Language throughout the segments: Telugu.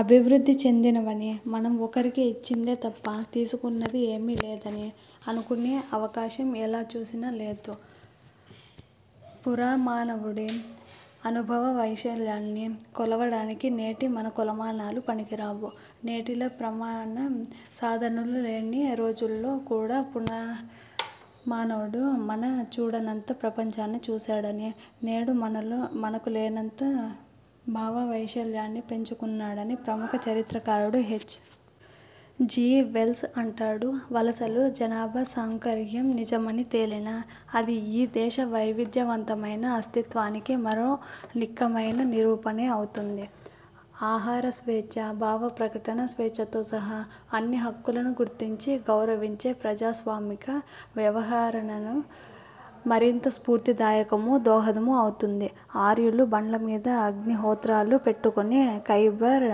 అభివృద్ధి చెందినవనీ, మనం ఒకరికి ఇచ్చిందే తప్ప తీసుకున్నది ఏమీలేదనీ అనుకునే అవకాశం ఎలా చూసినా లేదు. పురామానవుడి అనుభవ వైశాల్యాన్ని కొలవడానికి నేటి మన కొలమానాలు పనికిరావు. నేటిలా ప్రమాణం సాధనాలు లేని రోజుల్లో కూడా పునామానవుడు మనం చూడనంత ప్రపంచాన్ని చూశాడని, నేడు మనలో మనకు లేనంత భావవైశాల్యాన్ని పెంచుకున్నాడనీ ప్రముఖ చరిత్రకారుడు హెచ్. జి. వెల్స్ అంటాడు. వలసలు, జనాభాసాంకర్యం నిజమని తేలినా అది ఈ దేశ వైవిధ్యవంతమైన అస్తిత్వానికి మరో నిక్కమైన నిరూపణే అవుతుంది. ఆహారస్వేచ్ఛ, భావప్రకటన స్వేచ్ఛతో సహా అన్ని హక్కులనూ గుర్తించి గౌరవించే ప్రజాస్వామిక వ్యవహరణకు మరింత స్ఫూర్తిదాయకమూ, దోహదమూ అవుతుంది. ఆర్యులు బండ్ల మీద అగ్నిహోత్రాలు పెట్టుకుని కైబర్,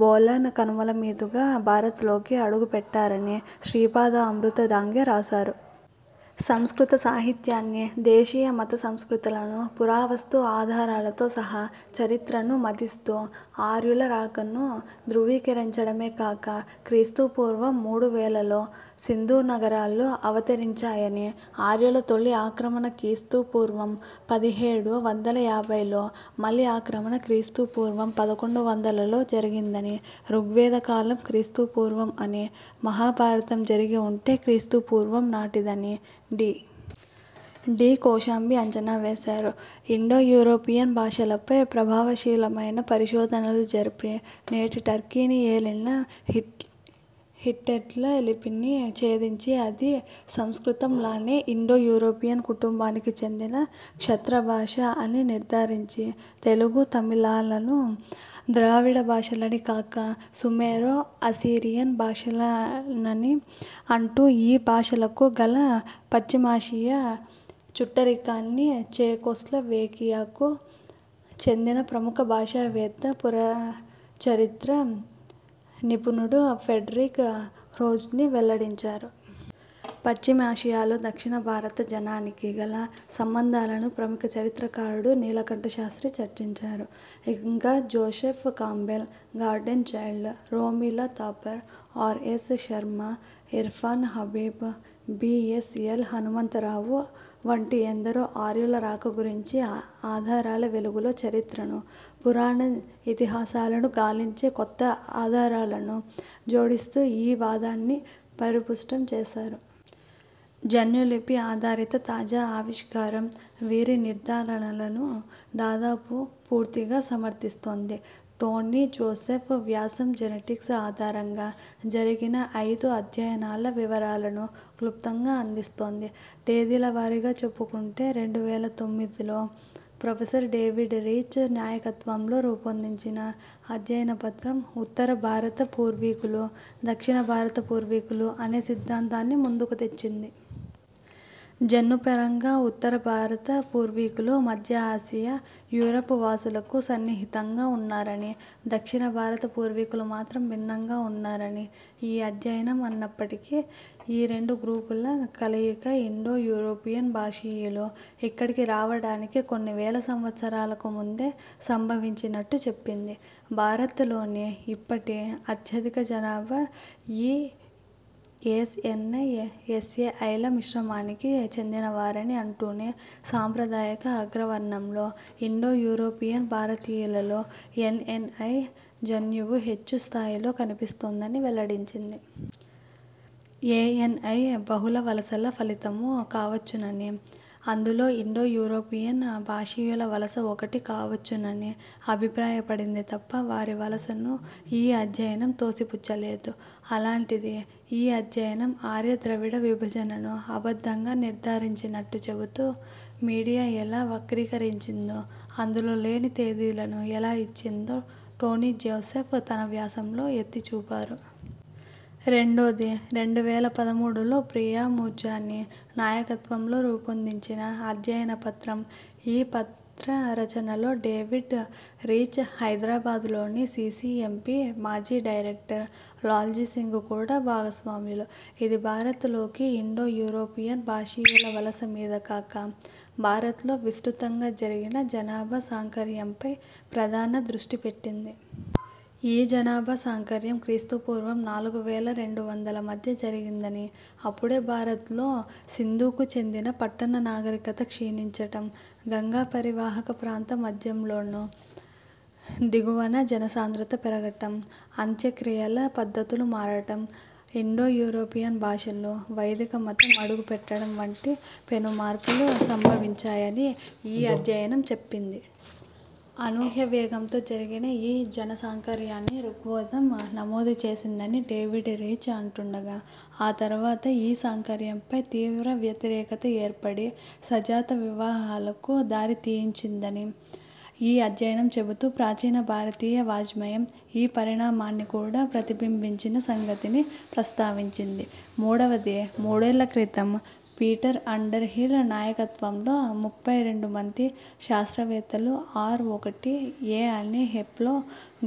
బొలాన్ కనుమల మీదుగా భారత్ లోకి అడుగుపెట్టారని శ్రీపాద అమృత డాంగే రాశారు. సంస్కృతసాహిత్యాన్నీ, దేశీయ మతసంస్కృతులను, పురావస్తు ఆధారాలతో సహా చరిత్రను మధిస్తూ ఆర్యులరాకను ధ్రువీకరించడమే కాక క్రీస్తు పూర్వం మూడు వేలలలో సింధు నగరాలు అవతరించాయనీ, ఆర్యుల తొలి ఆక్రమణ క్రీస్తు పూర్వం పదిహేడు వందల యాభైలో, మలి ఆక్రమణ క్రీస్తు పూర్వం పదకొండు వందలలో జరిగిందనీ, ఋగ్వేదకాలం క్రీస్తు పూర్వం అనీ, మహాభారతం జరిగి ఉంటే క్రీస్తు పూర్వం నాటిదనీ డి. డి. కోశాంబీ అంచనావేశారు. ఇండో – యూరోపియన్ భాషలపై ప్రభావశీలమైన పరిశోధనలు జరిపి, నేటి టర్కీని ఏలిన హిట్టైట్ల లిపిని ఛేదించి అది సంస్కృతం లానే ఇండో–యూరోపియన్ కుటుంబానికి చెందిన క్షత్రభాష అని నిర్ధారించి, తెలుగు, తమిళాలను ద్రావిడ భాషలని కాక, సుమేరో– అసీరియన్ భాషలనాలని అంటూ ఈ భాషలకు గల పశ్చిమాసియా చుట్టరికాన్ని చెకొస్లవేకియాకు చెందిన ప్రముఖ భాషావేత్త, పురాచరిత్ర నిపుణుడు ఫ్రెడరిక్ హ్రోజ్నీ వెల్లడించారు. పశ్చిమాసియాలో దక్షిణభారత జనానికి గల సంబంధాలను ప్రముఖ చరిత్రకారుడు నీలకంఠశాస్త్రి చర్చించారు. ఇంకా Joseph Campbell, Gordon Childe, Romila Thapar, R. S. Sharma, Irfan Habib, B. S. L. Hanumantharao వంటి ఎందరో ఆర్యుల రాక గురించిన ఆధారాల వెలుగులో చరిత్రను, పురాణ ఇతిహాసాలను గాలించి కొత్త ఆధారాలను జోడిస్తూ ఈ వాదాన్ని పరిపుష్టం చేశారు. జన్యులిపి ఆధారిత తాజా ఆవిష్కారం వీరి నిర్ధారణలను దాదాపు పూర్తిగా సమర్ధిస్తోంది. టోనీ జోసెఫ్ వ్యాసం జెనెటిక్స్ ఆధారంగా జరిగిన అయిదు అధ్యయనాల వివరాలను క్లుప్తంగా అందిస్తోంది. తేదీల వారీగా చెప్పుకుంటే, రెండు వేల తొమ్మిదిలో ప్రొఫెసర్ డేవిడ్ రీచ్ నాయకత్వంలో రూపొందిన అధ్యయనపత్రం, 'ఉత్తర భారత పూర్వీకులు', 'దక్షిణభారత పూర్వీకులు ' అనే సిద్ధాంతాన్ని ముందుకు తెచ్చింది. జన్యుపరంగా ఉత్తర భారత పూర్వీకులు మధ్యఆసియా, యూరప్ వాసులకు సన్నిహితంగా ఉన్నారనీ, దక్షిణ భారత పూర్వీకులు మాత్రం భిన్నంగా ఉన్నారనీ ఈ అధ్యయనం అన్నప్పటికీ, ఈ రెండు గ్రూపుల కలయిక ఇండోయూరోపియన్ భాషీయులు ఇక్కడికి రావడానికి కొన్ని వేల సంవత్సరాలకు ముందే సంభవించినట్టు చెప్పింది. భారత్ లోని ఇప్పటి అత్యధిక జనాభా ఈ ఎఎస్సెన్ఐ ఎస్ఎఐ మిశ్రమానికి చెందినవారని అంటూనే, సాంప్రదాయిక అగ్రవర్ణంలో, ఇండో యూరోపియన్ భాషీయులలో ఎన్ఎన్ఐ జన్యువు హెచ్చు స్థాయిలో కనిపిస్తోందని వెల్లడించింది. ఏఎన్ఐ బహుళవలసల ఫలితమూ కావచ్చుననీ, అందులో ఇండో యూరోపియన్ భాషీయుల వలస ఒకటి కావచ్చుననీ అభిప్రాయపడింది తప్ప వారి వలసను ఈ అధ్యయనం తోసిపుచ్చలేదు. అలాంటిది, ఈ అధ్యయనం ఆర్య ద్రవిడ విభజనను అబద్ధంగా నిర్ధారించినట్టు చెబుతూ మీడియా ఎలా వక్రీకరించిందో, అందులో లేని తేదీలను ఎలా ఇచ్చిందో టోనీ జోసెఫ్ తన వ్యాసంలో ఎత్తిచూపారు. రెండోది, రెండు వేల పదమూడులో ప్రియా మూర్జాని నాయకత్వంలో రూపొందిన అధ్యయనపత్రం. ఈ పత్రరచనలో డేవిడ్ రీచ్, హైదరాబాద్ లోని సీసీఎంబీ మాజీ డైరక్టర్ లాల్జీ సింగ్ కూడా భాగస్వాములు. ఇది భారత్ లోకి ఇండో యూరోపియన్ భాషీయుల వలస మీద కాక, భారత్లో విస్తృతంగా జరిగిన జనాభాసాంకర్యంపై ప్రధానంగా దృష్టిపెట్టింది. ఈ జనాభాసాంకర్యం క్రీస్తు పూర్వం నాలుగు వేల రెండు వందల మధ్య జరిగిందనీ, అప్పుడే భారత్ లో సింధుకు చెందిన పట్టణ నాగరికత క్షీణించడం, గంగాపరీవాహకప్రాంత మధ్యంలోనూ, దిగువనా జనసాంద్రత పెరగడం, అంత్యక్రియల పద్ధతులు మారడం, ఇండో యూరోపియన్ భాషలు, వైదికమతం అడుగుపెట్టడం వంటి పెనుమార్పులు సంభవించాయని ఈ అధ్యయనం చెప్పింది. అనూహ్యవేగంతో జరిగిన ఈ జనాభాసాంకర్యాన్ని ఋగ్వేదం నమోదు చేసిందని డేవిడ్ రీచ్ అంటుండగా, ఆ తర్వాత ఈ సాంకర్యంపై తీవ్రవ్యతిరేకత ఏర్పడి సజాతి వివాహాలకు దారి తీయించిందని ఈ అధ్యయనం చెబుతూ ప్రాచీన భారతీయ వాఙ్మయం ఈ పరిణామాన్ని కూడా ప్రతిబింబించిన సంగతిని ప్రస్తావించింది. మూడవది, మూడేళ్ళ క్రితం పీటర్ అండర్ హిల్ నాయకత్వంలో ముప్పై రెండుమంది శాస్త్రవేత్తలు ఆర్- ఒకటి ఏ అనే హెప్లో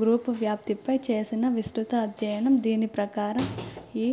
గ్రూపు వ్యాప్తిపై చేసిన విస్తృత అధ్యయనం. దీని ప్రకారం, ఈ